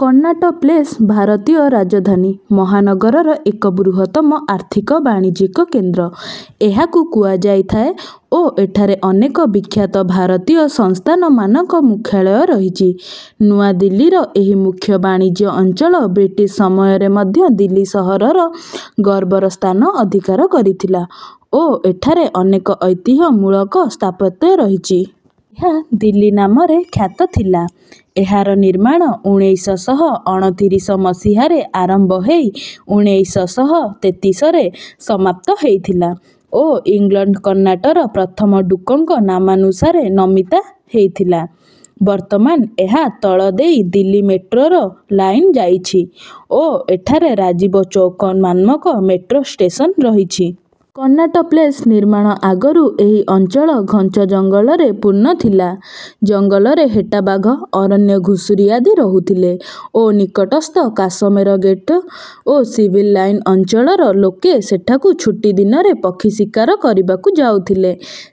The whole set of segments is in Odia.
କନ୍ନାଟ ପ୍ଲେସ ଭାରତୀୟ ରାଜଧାନୀ ମହାନଗରର ଏକ ବୃହତ୍ତମ ଆର୍ଥିକ ବାଣିଜ୍ୟିକ କେନ୍ଦ୍ର। ଏହାକୁ କୁହାଯାଇଥାଏ ଓ ଏଠାରେ ଅନେକ ବିଖ୍ୟାତ ଭାରତୀୟ ସଂସ୍ଥାନ ମାନଙ୍କ ମୁଖ୍ୟାଳୟ ରହିଚି। ନୂଆ ଦିଲ୍ଲୀର ଏହି ମୁଖ୍ୟ ବାଣିଜ୍ୟ ଅଞ୍ଚଳ ବ୍ରିଟିଶ ସମୟରେ ମଧ୍ୟ ଦିଲ୍ଲୀ ସହରର ଗର୍ବର ସ୍ଥାନ ଅଧିକାର କରିଥିଲା ଓ ଏଠାରେ ଅନେକ ଐତିହ ମୂଳକ ସ୍ଥାପତ୍ୟ ରହିଚି। ଏହା ଦିଲ୍ଲୀ ନାମରେ ଖ୍ୟାତ ଥିଲା। ଏହାର ନିର୍ମାଣ ଉଣେଇଶ ଶହ ଅଣତିରିଶ ମସିହାରେ ଆରମ୍ଭ ହେଇ ଉଣେଇଶ ଶହ ତେତିଶରେ ସମାପ୍ତ ହେଇଥିଲା ଓ ଇଂଲଣ୍ଡ କନ୍ନାଟର ପ୍ରଥମ ଡୂକଙ୍କ ନାମାନୁସାରେ ନମିତା ହେଇଥିଲା। ବର୍ତମାନ ଏହା ତଳ ଦେଇ ଦିଲ୍ଲୀ ମେଟ୍ରୋର ଲାଇନ ଯାଇଛି ଓ ଏଠାରେ ରାଜୀବ ଚୌକ ମ୍ନାମକ ମେଟ୍ରୋ ଷ୍ଟେସନ ରହିଛି। କନ୍ନାଟ ପ୍ଲେସ ନିର୍ମାଣ ଆଗରୁ ଏହି ଅଞ୍ଚଳ ଘଞ୍ଚ ଜଙ୍ଗଲରେ ପୂର୍ଣ ଥିଲା। ଜଙ୍ଗଲରେ ହେଟାବାଘ ଅରଣ୍ୟ ଘୁଷୁରି ଆଦି ରହୁଥିଲେ ଓ ନିକଟସ୍ଥ କାଶମେର ଗେଟ ଓ ସିଭିଲ ଲାଇନ ଅଞ୍ଚଳର ଲୋକେ ସେଠାକୁ ଛୁଟି ଦିନରେ ପକ୍ଷୀ ଶିକାର କରିବାକୁ ଯାଉଥିଲେ।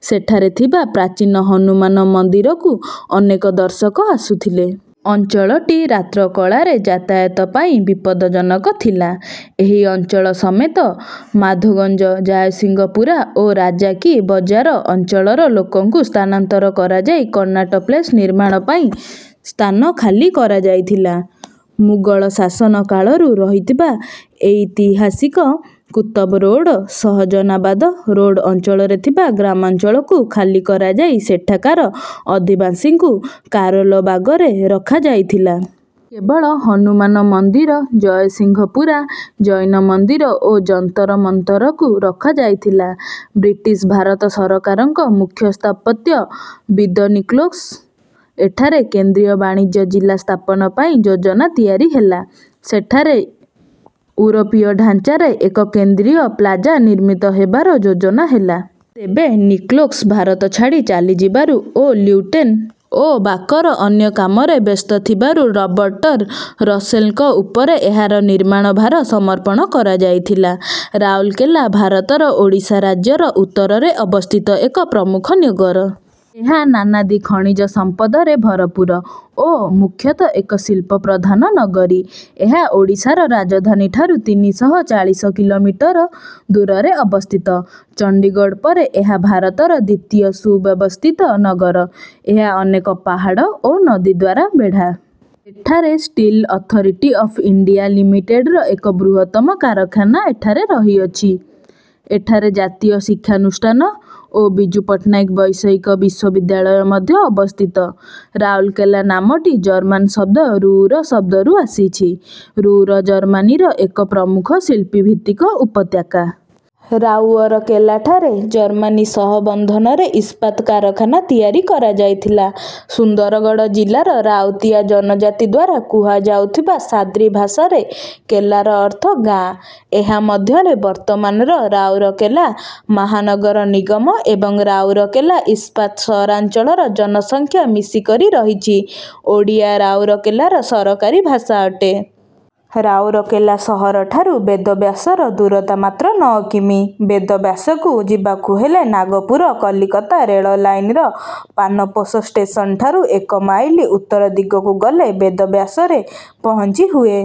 ସେଠାରେ ଥିବା ପ୍ରାଚୀନ ହନୁମାନ ମଦିରକୁ ଅନେକ ଦର୍ଶକ ଆସୁଥିଲେ। ଅଞ୍ଚଳଟି ରାତ୍ର କଳାରେ ଯାତାୟାତ ପାଇଁ ବିପଦଜନକ ଥିଲା। ଏହି ଅଞ୍ଚଳ ସମେତ ମାଧୋଗଞ୍ଜ ଜାୟସିଙ୍ଗ ପୁରା ଓ ରାଜା କି ବଜାର ଅଞ୍ଚଳର ଲୋକଙ୍କୁ ସ୍ଥାନାନ୍ତର କରାଯାଇ କନ୍ନାଟ ପ୍ଲେସ ନିର୍ମାଣ ପାଇଁ ସ୍ଥାନ ଖାଲି କରାଯାଇଥିଲା। ମୁଗଳ ଶାସନ କାଳରୁ ରହିଥିବା ଏଇତିହାସିକ କୁତବ ରୋଡ ସହଜନାବାଦ ରୋଡ ଅଞ୍ଚଳରେ ଥିବା ଗ୍ରାମାଞ୍ଚଳକୁ ଖାଲି କରାଯାଇ ସେଠାକାର ଅଧିବାଶିଙ୍କୁ କାରୋଲ ବାଗରେ ରଖାଯାଇଥିଲା। କେବଳ ହନୁମାନ ମନ୍ଦିର ଜୟସିଙ୍ଘ ପୁରା ଜୈନ ମନ୍ଦିର ଓ ଯନ୍ତର ମନ୍ଥରକୁ ରଖାଯାଇଥିଲା। ବ୍ରିଟିଶ ଭାରତ ସରକାର ଙ୍କ ମୁଖ୍ୟ ସ୍ଥପତ୍ୟ ବିଦ ନିକୋଲ୍ସ ଏଠାରେ କେନ୍ଦ୍ରୀୟ ବାଣିଜ୍ୟ ଜିଲ୍ଲା ସ୍ଥାପନ ପାଇଁ ଯୋଜନା ତିଆରି ହେଲା। ସେଠାରେ ଉରୋପୀୟ ଢାଞ୍ଚାରେ ଏକ କେନ୍ଦ୍ରୀୟ ପ୍ଲାଜା ନିର୍ମିତ ହେବାର ଯୋଜନା ହେଲା। ତେବେ ନିକୋଲ୍ସ ଭାରତ ଛାଡି ଚାଲି ଯିବାରୁ ଓ ଲୁଟ୍ୟେନ ଓ ବାକର ଅନ୍ୟ କାମରେ ବ୍ୟସ୍ତ ଥିବାରୁ ରବର୍ଟ ଟର ରସେଲ ଙ୍କ ଉପରେ ଏହାର ନିର୍ମାଣ ଭାର ସମର୍ପଣ କରାଯାଇଥିଲା। ରାଉରକେଲା ଭାରତର ଓଡ଼ିଶା ରାଜ୍ୟର ଉତ୍ତରରେ ଅବସ୍ଥିତ ଏକ ପ୍ରମୁଖ ନଗର। ଏହା ନାନାଦି ଖଣିଜ ସମ୍ପଦରେ ଭରପୁର ଓ ମୁଖ୍ୟତଃ ଏକ ଶିଳ୍ପ ପ୍ରଧାନ ନଗରୀ। ଏହା ଓଡ଼ିଶାର ରାଜଧାନୀ ଠାରୁ ତିନିଶହ ଚାଳିଶ କିଲୋମିଟର ଦୂରରେ ଅବସ୍ଥିତ। ଚଣ୍ଡୀଗଡ଼ ପରେ ଏହା ଭାରତର ଦ୍ୱିତୀୟ ସୁବ୍ୟବସ୍ଥିତ ନଗର। ଏହା ଅନେକ ପାହାଡ଼ ଓ ନଦୀଦ୍ୱାରା ବେଢା। ଏଠାରେ ଷ୍ଟିଲ ଅଥରିଟି ଅଫ ଇଣ୍ଡିଆ ଲିମିଟେଡ଼ର ଏକ ବୃହତ୍ତମ କାରଖାନା ଏଠାରେ ରହିଅଛି। ଏଠାରେ ଜାତୀୟ ଶିକ୍ଷାନୁଷ୍ଠାନ ଓ ବିଜୁ ପଟ୍ଟନାୟକ ବୈଷୟିକ ବିଶ୍ୱବିଦ୍ୟାଳୟ ମଧ୍ୟ ଅବସ୍ଥିତ। ରାଉରକେଲା ନାମଟି ଜର୍ମାନ ଶବ୍ଦ ରୁର ଶବ୍ଦରୁ ଆସିଛି। ରୁର ଜର୍ମାନୀର ଏକ ପ୍ରମୁଖ ଶିଳ୍ପ ଭିତ୍ତିକ ଉପତ୍ୟାକା। ରାଉଅରକେଲାଠାରେ ଜର୍ମାନୀ ସହବନ୍ଧନରେ ଇସ୍ପାତ କାରଖାନା ତିଆରି କରାଯାଇଥିଲା। ସୁନ୍ଦରଗଡ଼ ଜିଲାର ରାଉତିଆ ଜନଜାତିଦ୍ୱାରା କୁହାଯାଉଥିବା ସାଦ୍ରି ଭାଷାରେ କେଲାର ଅର୍ଥ ଗାଆଁ । ଏହା ମଧ୍ୟରେ ବର୍ତ୍ତମାନର ରାଉରକେଲା ମାହନଗର ନିଗମ ଏବଂ ରାଉରକେଲା ଇସ୍ପାତ ସହରାଞ୍ଚଳର ଜନସଂଖ୍ୟା ମିଶିକରି ରହିଛି। ଓଡ଼ିଆ ରାଉରକେଲାର ସରକାରୀ ଭାଷା ଅଟେ। ରାଉରକେଲା ସହର ଠାରୁ ବେଦବ୍ୟାସର ଦୂରତା ମାତ୍ର ନଅ କି. ମି. ବେଦବ୍ୟାସକୁ ଯିବାକୁ ହେଲେ ନାଗପୁର କଲିକତା ରେଳ ଲାଇନର ପାନପୋଷ ଷ୍ଟେସନଠାରୁ ଏକ ମାଇଲ ଉତ୍ତର ଦିଗକୁ ଗଲେ ବେଦବ୍ୟାସରେ ପହଞ୍ଚି ହୁଏ।